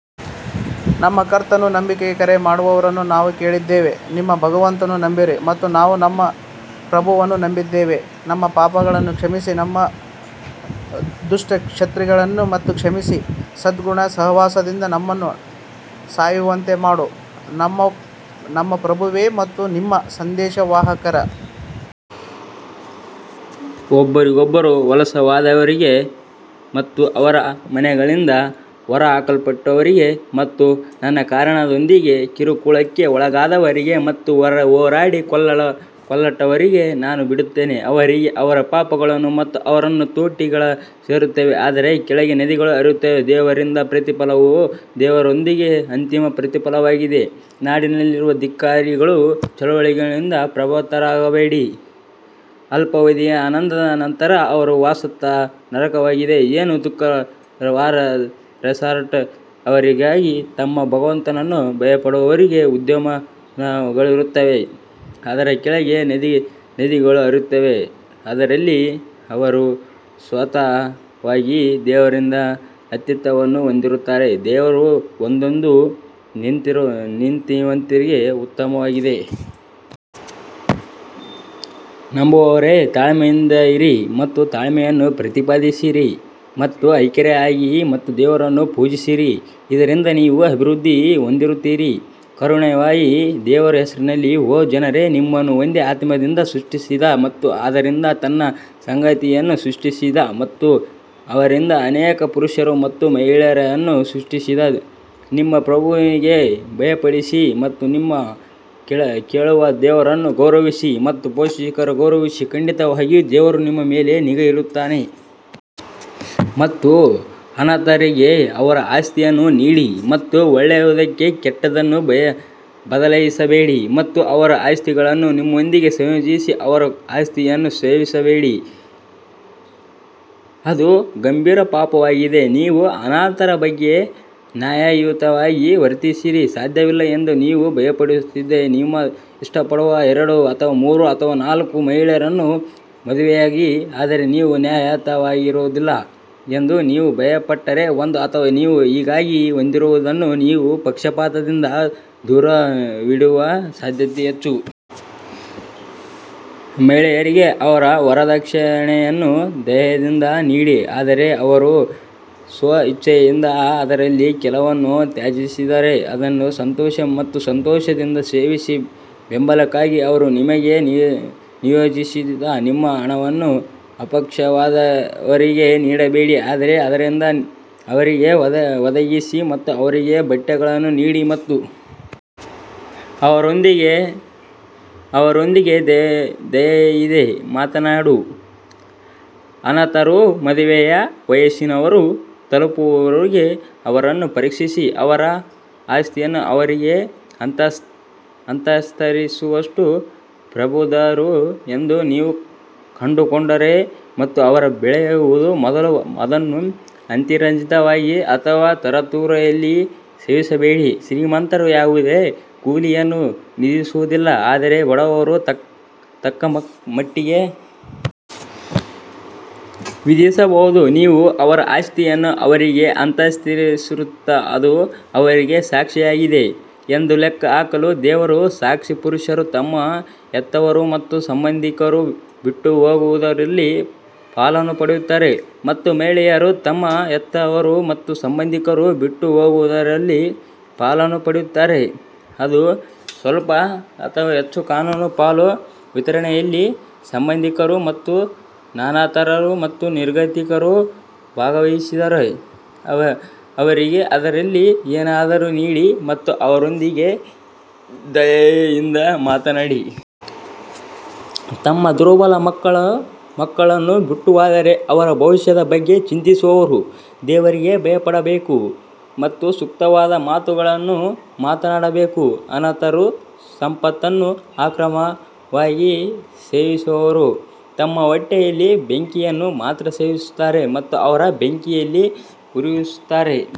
ನಮ್ಮ ಕರ್ತನು ನಂಬಿಕೆಗೆ ಕರೆ ಮಾಡುವವರನ್ನು ನಾವು ಕೇಳಿದ್ದೇವೆ ನಿಮ್ಮ ಭಗವಂತನನ್ನು ನಂಬಿರಿ ಮತ್ತು ನಾವು ನಮ್ಮ ಪ್ರಭುವನ್ನು ನಂಬಿದ್ದೇವೆ ನಮ್ಮ ಪಾಪಗಳನ್ನು ಕ್ಷಮಿಸಿ ಮತ್ತು ನಮ್ಮ ದುಷ್ಕೃತ್ಯಗಳನ್ನು ಕ್ಷಮಿಸಿ ಮತ್ತು ಸದ್ಗುಣಗಳ ಸಹವಾಸದಲ್ಲಿ ನಮ್ಮನ್ನು ಸಾಯುವಂತೆ ಮಾಡು ನಮ್ಮ ಪ್ರಭುವೇ ಮತ್ತು ನಿಮ್ಮ ಸಂದೇಶವಾಹಕರ ಒಬ್ಬರಿಗೊಬ್ಬರು ವಲಸೆ ಹೋದವರಿಗೆ ಮತ್ತು ಅವರ ಮನೆಗಳಿಂದ ಹೊರಹಾಕಲ್ಪಟ್ಟವರಿಗೆ ಮತ್ತು ನನ್ನ ಕಾರಣದಿಂದಾಗಿ ಕಿರುಕುಳಕ್ಕೆ ಒಳಗಾದವರಿಗೆ ಮತ್ತು ಹೋರಾಡಿ ಕೊಲ್ಲಲ್ಪಟ್ಟವರಿಗೆ ನಾನು ಬಿಡುತ್ತೇನೆ ಅವರಿಗೆ ಅವರ ಪಾಪಗಳು ಮತ್ತು ಅವರನ್ನು ತೋಟಗಳಿಗೆ ಸೇರಿಸುತ್ತವೆ, ಅದರ ಕೆಳಗೆ ನದಿಗಳು ಹರಿಯುತ್ತವೆ, ದೇವರಿಂದ ಪ್ರತಿಫಲವು ದೇವರೊಂದಿಗೆ ಅಂತಿಮ ಪ್ರತಿಫಲವಾಗಿದೆ ನಾಡಿನಲ್ಲಿರುವ ಧಿಕ್ಕಾರಿಗಳ ಚಳುವಳಿಗಳಿಂದ ಪ್ರಭಾವಿತರಾಗಬೇಡಿ ಅಲ್ಪಾವಧಿಯ ಆನಂದದ ನಂತರ ಅವರ ವಾಸಸ್ಥಾನವು ನರಕವಾಗಿದೆ ಏನು ದುಃಖಕರವಾದ ರೆಸಾರ್ಟ್ ಅವರಿಗಾಗಿ ತಮ್ಮ ಭಗವಂತನನ್ನು ಭಯಪಡುವವರಿಗೆ ಉದ್ಯಾನವನಗಳಿರುತ್ತವೆ, ಅದರ ಕೆಳಗೆ ನದಿಗಳು ಹರಿಯುತ್ತವೆ, ಅದರಲ್ಲಿ ಅವರು ಶಾಶ್ವತವಾಗಿ ದೇವರಿಂದ ಆತಿಥ್ಯವನ್ನು ಹೊಂದಿರುತ್ತಾರೆ, ದೇವರು ಹೊಂದಿದ್ದು ನೀತಿವಂತರಿಗೆ ಉತ್ತಮವಾಗಿದೆ. ನಂಬುವವರೇ ತಾಳ್ಮೆಯಿಂದಿರಿ ಮತ್ತು ತಾಳ್ಮೆಯನ್ನು ಪ್ರತಿಪಾದಿಸಿರಿ ಮತ್ತು ಐಕ್ಯರಾಗಿರಿ ಮತ್ತು ದೇವರನ್ನು ಪೂಜಿಸಿರಿ ಇದರಿಂದ ನೀವು ಅಭಿವೃದ್ಧಿ ಹೊಂದುತ್ತೀರಿ ಕರುಣಾಮಯಿ ದೇವರ ಹೆಸರಿನಲ್ಲಿ ಓ ಜನರೇ ನಿಮ್ಮನ್ನು ಒಂದೇ ಆತ್ಮದಿಂದ ಸೃಷ್ಟಿಸಿದ ಮತ್ತು ಅದರಿಂದ ತನ್ನ ಸಂಗಾತಿಯನ್ನು ಸೃಷ್ಟಿಸಿದ ಮತ್ತು ಅವರಿಂದ ಅನೇಕ ಪುರುಷರು ಮತ್ತು ಮಹಿಳೆಯರನ್ನು ಸೃಷ್ಟಿಸಿದ ನಿಮ್ಮ ಪ್ರಭುವಿಗೆ ಭಯಪಡಿರಿ ಮತ್ತು ನೀವು ಕೇಳುವ ದೇವರನ್ನು ಗೌರವಿಸಿ ಮತ್ತು ಪೋಷಕರನ್ನು ಗೌರವಿಸಿ, ಖಂಡಿತವಾಗಿಯೂ ದೇವರು ನಿಮ್ಮ ಮೇಲೆ ನಿಗಾ ಇಡುತ್ತಾನೆ. ಮತ್ತು ಅನಾಥರಿಗೆ ಅವರ ಆಸ್ತಿಯನ್ನು ನೀಡಿ ಮತ್ತು ಒಳ್ಳೆಯದಕ್ಕೆ ಕೆಟ್ಟದ್ದನ್ನು ಬದಲಾಯಿಸಬೇಡಿ ಮತ್ತು ಅವರ ಆಸ್ತಿಗಳನ್ನು ನಿಮ್ಮೊಂದಿಗೆ ಸಂಯೋಜಿಸಿ ಅವರ ಆಸ್ತಿಯನ್ನು ಸೇವಿಸಬೇಡಿ ಅದು ಗಂಭೀರ ಪಾಪವಾಗಿದೆ ನೀವು ಅನಾಥರ ಬಗ್ಗೆ ನ್ಯಾಯಯುತವಾಗಿ ವರ್ತಿಸಲು ಸಾಧ್ಯವಿಲ್ಲ ಎಂದು ನೀವು ಭಯಪಡುತ್ತಿದ್ದರೆ, ನೀವು ಇಷ್ಟಪಡುವ ಎರಡು ಅಥವಾ ಮೂರು ಅಥವಾ ನಾಲ್ಕು ಮಹಿಳೆಯರನ್ನು ಮದುವೆಯಾಗಿ ಆದರೆ ನೀವು ನ್ಯಾಯಯುತವಾಗಿರುವುದಿಲ್ಲ ಎಂದು ನೀವು ಭಯಪಟ್ಟರೆ, ಒಂದು ಅಥವಾ ನೀವು ಈಗಾಗಲೇ ಹೊಂದಿರುವುದನ್ನು ನೀವು ಪಕ್ಷಪಾತದಿಂದ ದೂರವಿಡುವ ಸಾಧ್ಯತೆ ಹೆಚ್ಚು. ಮಹಿಳೆಯರಿಗೆ ಅವರ ವರದಕ್ಷಿಣೆಯನ್ನು ದಯೆಯಿಂದ ನೀಡಿ ಆದರೆ ಅವರು ಸ್ವಇಚ್ಛೆಯಿಂದ ಅದರಲ್ಲಿ ಕೆಲವನ್ನು ತ್ಯಜಿಸಿದರೆ ಅದನ್ನು ಸಂತೋಷ ಮತ್ತು ಸಂತೋಷದಿಂದ ಸೇವಿಸಿ ಬೆಂಬಲಕ್ಕಾಗಿ ದೇವರು ನಿಮಗೆ ನಿಯೋಜಿಸಿದ ನಿಮ್ಮ ಹಣವನ್ನು ಅಪಕ್ವವಾದವರಿಗೆ ನೀಡಬೇಡಿ ಆದರೆ ಅದರಿಂದ ಅವರಿಗೆ ಒದಗಿಸಿ ಮತ್ತು ಅವರಿಗೆ ಬಟ್ಟೆಗಳನ್ನು ನೀಡಿ ಮತ್ತು ಅವರೊಂದಿಗೆ ದಯೆಯಿಂದ ಮಾತನಾಡಿ ಅನಾಥರು ಮದುವೆಯ ವಯಸ್ಸನ್ನು ತಲುಪುವವರೆಗೆ ಅವರನ್ನು ಪರೀಕ್ಷಿಸಿ ಅವರ ಆಸ್ತಿಯನ್ನು ಅವರಿಗೆ ಹಸ್ತಾಂತರಿಸುವಷ್ಟು ಪ್ರಬುದ್ಧರು ಎಂದು ನೀವು ಕಂಡುಕೊಂಡರೆ ಮತ್ತು ಅವರು ಬೆಳೆಯುವ ಮೊದಲು ಅದನ್ನು ಅತಿರಂಜಿತವಾಗಿ ಅಥವಾ ತರಾತುರಿಯಲ್ಲಿ ಸೇವಿಸಬೇಡಿ ಶ್ರೀಮಂತರು ಯಾವುದೇ ಕೂಲಿಯನ್ನು ವಿಧಿಸುವುದಿಲ್ಲ ಆದರೆ ಬಡವರು ತಕ್ಕಮಟ್ಟಿಗೆ ವಿಧಿಸಬಹುದು ನೀವು ಅವರ ಆಸ್ತಿಯನ್ನು ಅವರಿಗೆ ಹಸ್ತಾಂತರಿಸುತ್ತೀರಿ, ಅದು ಅವರಿಗೆ ಸಾಕ್ಷಿಯಾಗಿದೆ ಎಂದು ಲೆಕ್ಕ ಹಾಕಲು ದೇವರು ಸಾಕು ಪುರುಷರು ತಮ್ಮ ಹೆತ್ತವರು ಮತ್ತು ಸಂಬಂಧಿಕರು ಬಿಟ್ಟು ಹೋಗುವುದರಲ್ಲಿ ಪಾಲನ್ನು ಪಡೆಯುತ್ತಾರೆ ಮತ್ತು ಮಹಿಳೆಯರು ತಮ್ಮ ಹೆತ್ತವರು ಮತ್ತು ಸಂಬಂಧಿಕರು ಬಿಟ್ಟು ಹೋಗುವುದರಲ್ಲಿ ಪಾಲನ್ನು ಪಡೆಯುತ್ತಾರೆ ಅದು ಸ್ವಲ್ಪ ಅಥವಾ ಹೆಚ್ಚು ಕಾನೂನು ಪಾಲು ವಿತರಣೆಯಲ್ಲಿ ಸಂಬಂಧಿಕರು ಮತ್ತು ಅನಾಥರು ಮತ್ತು ನಿರ್ಗತಿಕರು ಭಾಗವಹಿಸಿದರೆ ಅವರಿಗೆ ಅದರಲ್ಲಿ ಏನಾದರೂ ನೀಡಿ ಮತ್ತು ಅವರೊಂದಿಗೆ ದಯೆಯಿಂದ ಮಾತನಾಡಿ. ತಮ್ಮ ದುರ್ಬಲ ಮಕ್ಕಳನ್ನು ಬಿಟ್ಟುಹೋದರೆ ಅವರ ಭವಿಷ್ಯದ ಬಗ್ಗೆ ಚಿಂತಿಸುವವರು ದೇವರಿಗೆ ಭಯಪಡಬೇಕು ಮತ್ತು ಸೂಕ್ತವಾದ ಮಾತುಗಳನ್ನು ಮಾತನಾಡಬೇಕು ಅನಾಥರ ಸಂಪತ್ತನ್ನು ಅಕ್ರಮವಾಗಿ ಸೇವಿಸುವವರು ತಮ್ಮ ಹೊಟ್ಟೆಯಲ್ಲಿ ಬೆಂಕಿಯನ್ನು ಮಾತ್ರ ಸೇವಿಸುತ್ತಾರೆ ಮತ್ತು ಅವರು ಬೆಂಕಿಯಲ್ಲಿ ಹುರಿಯುತ್ತಾರೆ.